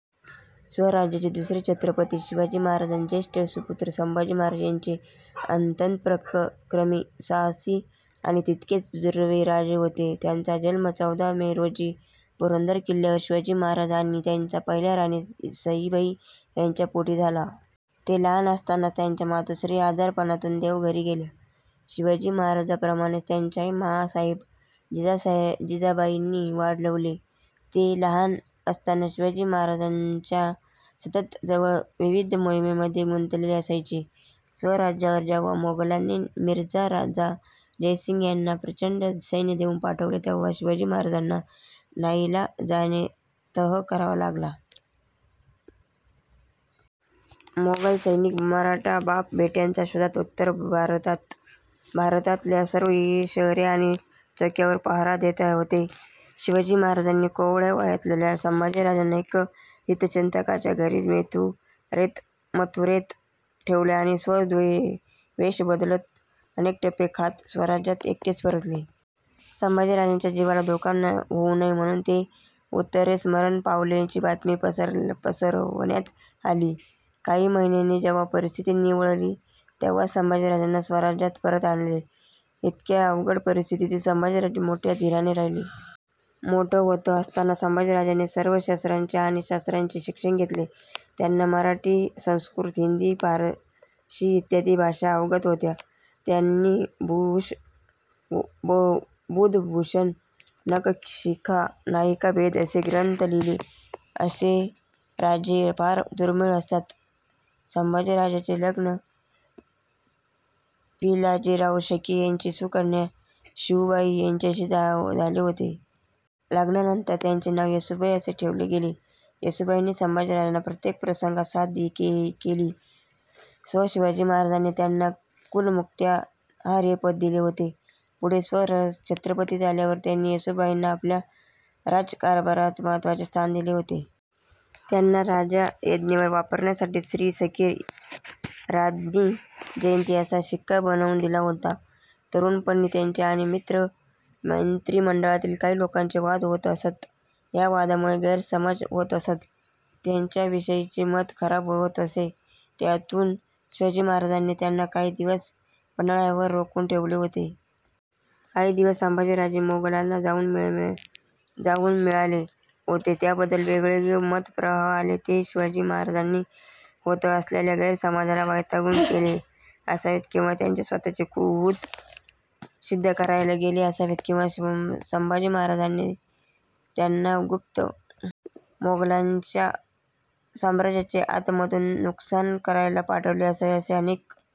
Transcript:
स्वराज्याचे दुसरे छत्रपती, शिवाजी महाराजांचे ज्येष्ठ सुपुत्र संभाजी महाराज हे अत्यंत पराक्रमी, साहसी आणि तितकेच दुर्दैवी राजे होते. त्यांचा जन्म चौदा मे रोजी पुरंदर किल्ल्यावर शिवाजी महाराज आणि त्यांच्या पहिल्या राणी सईबाई यांच्या पोटी झाला. ते लहान असतानाच त्यांच्या मातोश्री आजारपणातुन देवाघरी गेल्या. शिवाजी महाराजांप्रमाणेच त्यांनाही मांसाहेब जिजाबाईंनी वाढवले. ते लहान असताना शिवाजी महाराज सतत विविध मोहिमांमध्ये गुंतलेले असायचे. स्वराज्यावर जेव्हा मोगलांनी मिर्झा राजा जयसिंग यांना प्रचंड सैन्य देऊन पाठवले, तेव्हा शिवाजी महाराजांना नाईलाजाने तह करावा लागला. मोगल सैनिक मराठा बाप बेट्यांच्या शोधात उत्तर भारतातल्या सर्व शहरे आणि चौक्यांवर पहारा देत होते. शिवाजी महाराजांनी कोवळ्या वयातल्या संभाजी राजांना एका हितचिंतकांच्या घरी मथुरेत ठेवले आणि स्वतः वेष बदलत अनेक टप्पे खात स्वराज्यात एकटेच परतले. संभाजी राजांच्या जीवाला धोका होऊ नये म्हणुन ते उत्तरेतच मरण पावल्याची बातमी पसरवण्यात आली. काही महिन्यांनी जेव्हा परिस्थिती निवळली तेव्हाच संभाजी राजांना स्वराज्यात परतत आले. इतक्या अवघड परिस्थितीत संभाजी राजे मोठ्या धीराने राहिले. मोठे होत असताना संभाजी राजांनी सर्व शस्त्रांचे आणि शास्त्रांचे शिक्षण घेतले. त्यांना मराठी, संस्कृत, हिंदी, फारशी इत्यादी भाषा अवगत होत्या. त्यांनी बुधभूषणम, नखशिखा, नायिकाभेद असे ग्रंथ लिहिले. असे राजे फार दुर्मिळ असतात. संभाजी राजांचे लग्न पिलाजीराव शिर्के यांची सुकन्या जिवुबाई यांच्याशी झाले होते. लग्नानंतर त्यांचे नाव येसूबाई असे ठेवले गेले. येसूबाईंनी संभाजीराजांना प्रत्येक प्रसंगात साथ केली. स्वतः शिवाजी महाराजांनी त्यांना कुलमुखत्यार हे पद दिले होते. पुढे स्वतः छत्रपती झाल्यावर त्यांनी येसूबाईंना आपल्या राज्यकारभारात महत्वाचे स्थान दिले होते. त्यांना राजाज्ञेवर वापरण्यासाठी श्री सखी राज्ञी जयंती असा शिक्का बनवुन दिला होता. तरुणपणी त्यांचे आणि मंत्रीमंडळातील काही लोकांचे वाद होत असत. ह्या वादांमुळे गैरसमज होत असत त्यांच्याविषयीचे मत खराब होत असे. ह्यातुनच शिवाजी महाराजांनी त्यांना काही दिवस पन्हाळ्यावर रोखुन ठेवले होते. काही दिवस संभाजी राजे मोगलांना जाऊन मिळाले होते. याबद्दल वेगवेगळे मतप्रवाह आहेत. ते शिवाजी महाराजांशी होत असलेल्या गैरसमजाला वैतागुन गेले असावेत किंवा स्वतःची कुवत सिद्ध करायला गेले असावेत किंवा शिवाजी महाराजांनीच त्यांना गुप्त रित्या मोगलांच्या साम्राज्याचे आतमधुन नुकसान करायला पाठवले असावे अशा अनेक